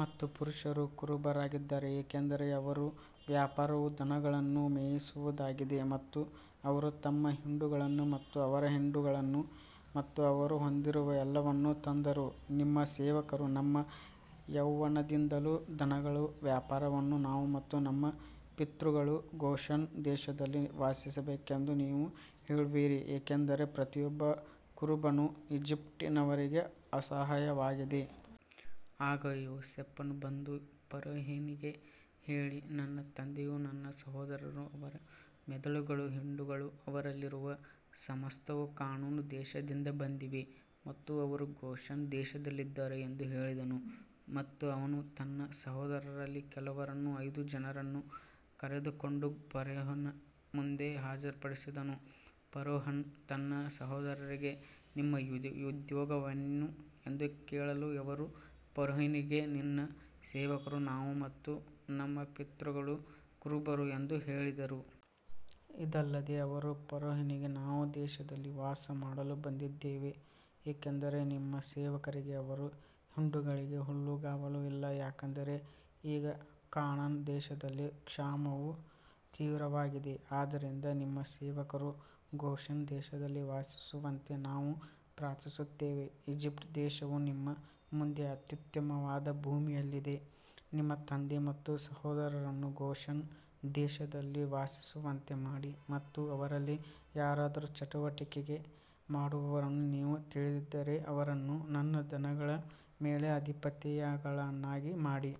ಮತ್ತು ಪುರುಷರು ಕುರುಬರಾಗಿದ್ದಾರೆ ಏಕೆಂದರೆ ಅವರ ವ್ಯಾಪಾರವು ದನಗಳನ್ನು ಮೇಯಿಸುವುದಾಗಿದೆ ಮತ್ತು ಅವರು ತಮ್ಮ ಹಿಂಡುಗಳನ್ನು ಮತ್ತು ಅವರ ಹಿಂಡುಗಳನ್ನು ಮತ್ತು ಅವರು ಹೊಂದಿರುವ ಎಲ್ಲವನ್ನೂ ತಂದರು. ನಿಮ್ಮ ಸೇವಕರು ನಮ್ಮ ಯೌವನದಿಂದಲೂ ದನಗಳ ವ್ಯಾಪಾರವನ್ನು ನಾವು ಮತ್ತು ನಮ್ಮ ಪಿತೃಗಳು ಗೋಷೆನ್ ದೇಶದಲ್ಲಿ ವಾಸಿಸಬೇಕೆಂದು ನೀವು ಹೇಳುವಿರಿ ಏಕೆಂದರೆ ಪ್ರತಿಯೊಬ್ಬ ಕುರುಬನು ಈಜಿಪ್ಟಿನವರಿಗೆ ಅಸಹ್ಯವಾಗಿದೆ. ಆಗ ಯೋಸೇಫನು ಬಂದು ಫರೋಹನಿಗೆ ಹೇಳಿ ನನ್ನ ತಂದೆಯೂ ನನ್ನ ಸಹೋದರರೂ ಅವರ ಮಂದೆಗಳೂ ಹಿಂಡುಗಳೂ ಅವರಲ್ಲಿರುವ ಸಮಸ್ತವೂ ಕಾನಾನ್ ದೇಶದಿಂದ ಬಂದಿವೆ ಮತ್ತು ಅವರು ಗೋಷೆನ್ ದೇಶದಲ್ಲಿದ್ದಾರೆ ಎಂದು ಹೇಳಿದನು. ಮತ್ತು ಅವನು ತನ್ನ ಸಹೋದರರಲ್ಲಿ ಕೆಲವರನ್ನು ಐದು ಜನರನ್ನು ಕರೆದುಕೊಂಡು ಫರೋಹನ ಮುಂದೆ ಹಾಜರುಪಡಿಸಿದನು ಫರೋಹನು ತನ್ನ ಸಹೋದರರಿಗೆ ನಿಮ್ಮ ಉದ್ಯೋಗವೇನು ಎಂದು ಕೇಳಲು ಅವರು ಫರೋಹನಿಗೆ ನಿನ್ನ ಸೇವಕರು ನಾವು ಮತ್ತು ನಮ್ಮ ಪಿತೃಗಳು ಕುರುಬರು ಎಂದು ಹೇಳಿದರು. ಇದಲ್ಲದೆ ಅವರು ಫರೋಹನಿಗೆ ನಾವು ದೇಶದಲ್ಲಿ ವಾಸಮಾಡಲು ಬಂದಿದ್ದೇವೆ ಏಕೆಂದರೆ ನಿಮ್ಮ ಸೇವಕರಿಗೆ ಅವರ ಹಿಂಡುಗಳಿಗೆ ಹುಲ್ಲುಗಾವಲು ಇಲ್ಲ ಯಾಕಂದರೆ ಈಗ ಕಾನಾನ್ ದೇಶದಲ್ಲಿ ಕ್ಷಾಮವು ತೀವ್ರವಾಗಿದೆ ಆದ್ದರಿಂದ ನಿಮ್ಮ ಸೇವಕರು ಗೋಷೆನ್ ದೇಶದಲ್ಲಿ ವಾಸಿಸುವಂತೆ ನಾವು ಪ್ರಾರ್ಥಿಸುತ್ತೇವೆ. ಈಜಿಪ್ಟ್ ದೇಶವು ನಿಮ್ಮ ಮುಂದೆ ಅತ್ಯುತ್ತಮವಾದ ಭೂಮಿಯಲ್ಲಿದೆ ನಿಮ್ಮ ತಂದೆ ಮತ್ತು ಸಹೋದರರನ್ನು ಗೋಶೆನ್ ದೇಶದಲ್ಲಿ ವಾಸಿಸುವಂತೆ ಮಾಡಿ ಮತ್ತು ಅವರಲ್ಲಿ ಯಾರಾದರೂ ಚಟುವಟಿಕೆ ಮಾಡುವವರನ್ನು ನೀವು ತಿಳಿದಿದ್ದರೆ ಅವರನ್ನು ನನ್ನ ದನಗಳ ಮೇಲೆ ಅಧಿಪತಿಗಳನ್ನಾಗಿ ಮಾಡಿ.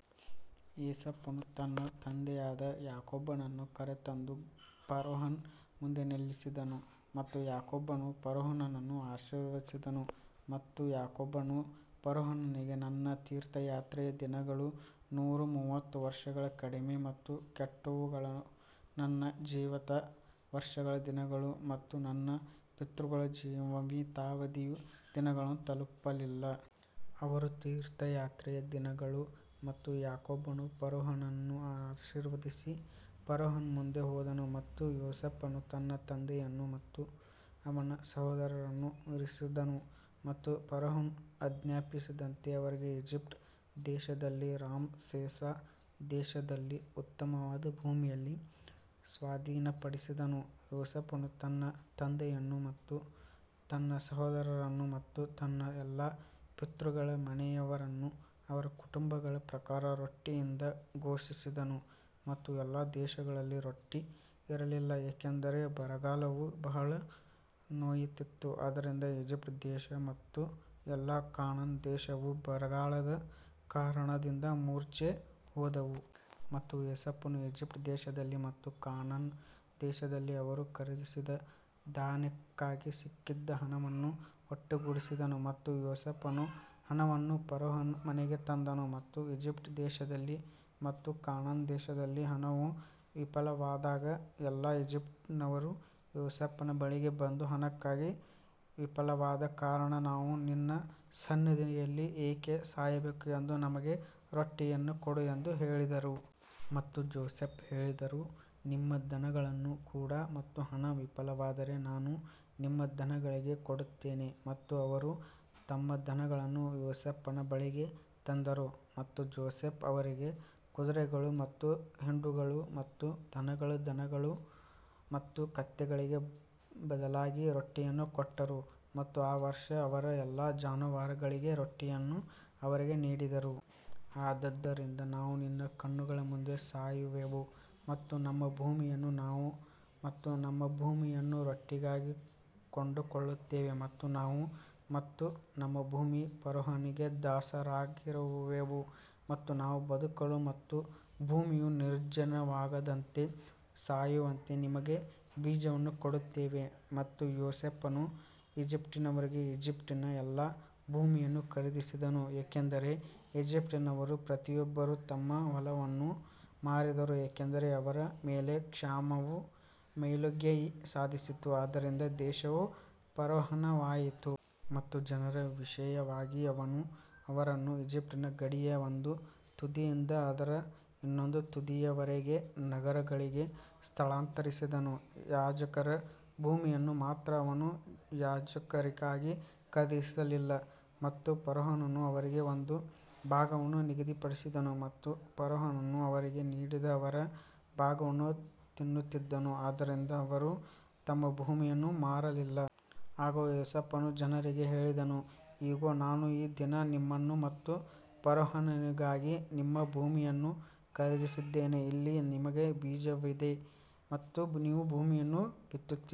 ಯೋಸೇಫನು ತನ್ನ ತಂದೆಯಾದ ಯಾಕೋಬನನ್ನು ಕರೆತಂದು ಫರೋಹನ ಮುಂದೆ ನಿಲ್ಲಿಸಿದನು ಮತ್ತು ಯಾಕೋಬನು ಫರೋಹನನ್ನು ಆಶೀರ್ವದಿಸಿದನು ಮತ್ತು ಯಾಕೋಬನು ಫರೋಹನಿಗೆ ನನ್ನ ತೀರ್ಥಯಾತ್ರೆಯ ದಿನಗಳು ನೂರ ಮೂವತ್ತು ವರ್ಷಗಳು ಕಡಿಮೆ ಮತ್ತು ಕೆಟ್ಟವುಗಳು ನನ್ನ ಜೀವಿತದ ವರ್ಷಗಳ ದಿನಗಳು ಮತ್ತು ನನ್ನ ಪಿತೃಗಳ ಜೀವಿತಾವಧಿಯ ದಿನಗಳನ್ನು ತಲುಪಲಿಲ್ಲ. ಅವರ ತೀರ್ಥಯಾತ್ರೆಯ ದಿನಗಳು ಮತ್ತು ಯಾಕೋಬನು ಫರೋಹನನ್ನು ಆಶೀರ್ವದಿಸಿ ಫರೋಹನ ಮುಂದೆ ಹೋದನು ಮತ್ತು ಯೋಸೇಫನು ತನ್ನ ತಂದೆಯನ್ನು ಮತ್ತು ಅವನ ಸಹೋದರರನ್ನು ಇರಿಸಿದನು ಮತ್ತು ಫರೋಹನು ಆಜ್ಞಾಪಿಸಿದಂತೆ ಅವರಿಗೆ ಈಜಿಪ್ಟ್ ದೇಶದಲ್ಲಿ ರಾಮಸೇಸ್ ದೇಶದಲ್ಲಿ ಉತ್ತಮವಾದ ಭೂಮಿಯಲ್ಲಿ ಸ್ವಾಧೀನಪಡಿಸಿದನು. ಯೋಸೇಫನು ತನ್ನ ತಂದೆಯನ್ನು ಮತ್ತು ತನ್ನ ಸಹೋದರರನ್ನು ಮತ್ತು ತನ್ನ ಎಲ್ಲಾ ಪಿತೃಗಳ ಮನೆಯವರನ್ನು ಅವರ ಕುಟುಂಬಗಳ ಪ್ರಕಾರ ರೊಟ್ಟಿಯಿಂದ ಪೋಷಿಸಿದನು ಮತ್ತು ಎಲ್ಲಾ ದೇಶಗಳಲ್ಲಿ ರೊಟ್ಟಿ ಇರಲಿಲ್ಲ ಏಕೆಂದರೆ ಬರಗಾಲವು ಬಹಳ ನೋಯುತ್ತಿತ್ತು, ಆದ್ದರಿಂದ ಈಜಿಪ್ಟ್ ದೇಶ ಮತ್ತು ಎಲ್ಲಾ ಕಾನಾನ್ ದೇಶವು ಬರಗಾಲದ ಕಾರಣದಿಂದ ಮೂರ್ಛೆ ಹೋದವು. ಮತ್ತು ಯೋಸೇಫನು ಈಜಿಪ್ಟ್ ದೇಶದಲ್ಲಿ ಮತ್ತು ಕಾನಾನ್ ದೇಶದಲ್ಲಿ ಅವರು ಖರೀದಿಸಿದ ಧಾನ್ಯಕ್ಕಾಗಿ ಸಿಕ್ಕಿದ ಹಣವನ್ನು ಒಟ್ಟುಗೂಡಿಸಿದನು ಮತ್ತು ಯೋಸೇಫನು ಹಣವನ್ನು ಫರೋಹನ ಮನೆಗೆ ತಂದನು. ಮತ್ತು ಈಜಿಪ್ಟ್ ದೇಶದಲ್ಲಿ ಮತ್ತು ಕಾನಾನ್ ದೇಶದಲ್ಲಿ ಹಣವು ವಿಫಲವಾದಾಗ ಎಲ್ಲಾ ಈಜಿಪ್ಟಿನವರು ಯೋಸೇಫನ ಬಳಿಗೆ ಬಂದು ಹಣಕ್ಕಾಗಿ ವಿಫಲವಾದ ಕಾರಣ ನಾವು ನಿನ್ನ ಸನ್ನಿಧಿಯಲ್ಲಿ ಏಕೆ ಸಾಯಬೇಕು ಎಂದು ನಮಗೆ ರೊಟ್ಟಿಯನ್ನು ಕೊಡು ಎಂದು ಹೇಳಿದರು. ಮತ್ತು ಜೋಸೆಫ್ ಹೇಳಿದರು ನಿಮ್ಮ ದನಗಳನ್ನು ಕೊಡು ಮತ್ತು ಹಣ ವಿಫಲವಾದರೆ ನಾನು ನಿಮ್ಮ ದನಗಳಿಗೆ ಕೊಡುತ್ತೇನೆ ಮತ್ತು ಅವರು ತಮ್ಮ ದನಗಳನ್ನು ಯೋಸೇಫನ ಬಳಿಗೆ ತಂದರು ಮತ್ತು ಜೋಸೆಫ್ ಅವರಿಗೆ ಕುದುರೆಗಳು ಮತ್ತು ಹಿಂಡುಗಳು ಮತ್ತು ದನಗಳ ದನಗಳು ಮತ್ತು ಕತ್ತೆಗಳಿಗೆ ಬದಲಾಗಿ ರೊಟ್ಟಿಯನ್ನು ಕೊಟ್ಟರು ಮತ್ತು ಆ ವರ್ಷ ಅವರ ಎಲ್ಲಾ ಜಾನುವಾರುಗಳಿಗೆ ರೊಟ್ಟಿಯನ್ನು ಅವರಿಗೆ ನೀಡಿದರು. ಆದದರಿಂದ ನಾವು ನಿನ್ನ ಕಣ್ಣುಗಳ ಮುಂದೆ ಸಾಯುವೆವು ಮತ್ತು ನಮ್ಮ ಭೂಮಿಯನ್ನು ನಾವು ಮತ್ತು ನಮ್ಮ ಭೂಮಿಯನ್ನು ರೊಟ್ಟಿಗಾಗಿ ಕೊಂಡುಕೊಳ್ಳುತ್ತೇವೆ ಮತ್ತು ನಾವು ಮತ್ತು ನಮ್ಮ ಭೂಮಿ ಫರೋಹನಿಗೆ ದಾಸರಾಗಿರುವೆವು ಮತ್ತು ನಾವು ಬದುಕಲು ಮತ್ತು ಭೂಮಿಯು ನಿರ್ಜನವಾಗದಂತೆ ಸಾಯುವಂತೆ ನಮಗೆ ಬೀಜವನ್ನು ಕೊಡುತ್ತೇವೆ. ಮತ್ತು ಯೋಸೇಫನು ಈಜಿಪ್ಟಿನವರಿಗೆ ಈಜಿಪ್ಟಿನ ಎಲ್ಲಾ ಭೂಮಿಯನ್ನು ಖರೀದಿಸಿದನು, ಏಕೆಂದರೆ ಈಜಿಪ್ಟಿನವರು ಪ್ರತಿಯೊಬ್ಬರೂ ತಮ್ಮ ಹೊಲವನ್ನು ಮಾರಿದರು, ಏಕೆಂದರೆ ಅವರ ಮೇಲೆ ಕ್ಷಾಮವು ಮೇಲುಗೈ ಸಾಧಿಸಿತು, ಆದ್ದರಿಂದ ದೇಶವು ಫರೋಹಣವಾಯಿತು. ಮತ್ತು ಜನರ ವಿಷಯವಾಗಿ ಅವನು ಅವರನ್ನು ಈಜಿಪ್ಟಿನ ಗಡಿಯ ಒಂದು ತುದಿಯಿಂದ ಅದರ ಇನ್ನೊಂದು ತುದಿಯವರೆಗೆ ನಗರಗಳಿಗೆ ಸ್ಥಳಾಂತರಿಸಿದನು ಯಾಜಕರ ಭೂಮಿಯನ್ನು ಮಾತ್ರ ಅವನು ಯಾಜಕರಿಗಾಗಿ ಖರೀದಿಸಲಿಲ್ಲ ಮತ್ತು ಫರೋಹನು ಅವರಿಗೆ ಒಂದು ಭಾಗವನ್ನು ನಿಗದಿಪಡಿಸಿದನು ಮತ್ತು ಫರೋಹನು ಅವರಿಗೆ ನೀಡಿದ ಅವರ ಭಾಗವನ್ನು ತಿನ್ನುತ್ತಿದ್ದನು ಆದ್ದರಿಂದ ಅವರು ತಮ್ಮ ಭೂಮಿಯನ್ನು ಮಾರಲಿಲ್ಲ. ಆಗ ಯೋಸೇಫನು ಜನರಿಗೆ ಹೇಳಿದನು, ಇಗೋ, ನಾನು ಈ ದಿನ ನಿಮ್ಮನ್ನು ಮತ್ತು ಫರೋಹನಿಗಾಗಿ ನಿಮ್ಮ ಭೂಮಿಯನ್ನು ಖರೀದಿಸಿದ್ದೇನೆ, ಇಲ್ಲಿ ನಿಮಗೆ ಬೀಜವಿದೆ ಮತ್ತು ನೀವು ಭೂಮಿಯನ್ನು ಬಿತ್ತುತ್ತೀರಿ.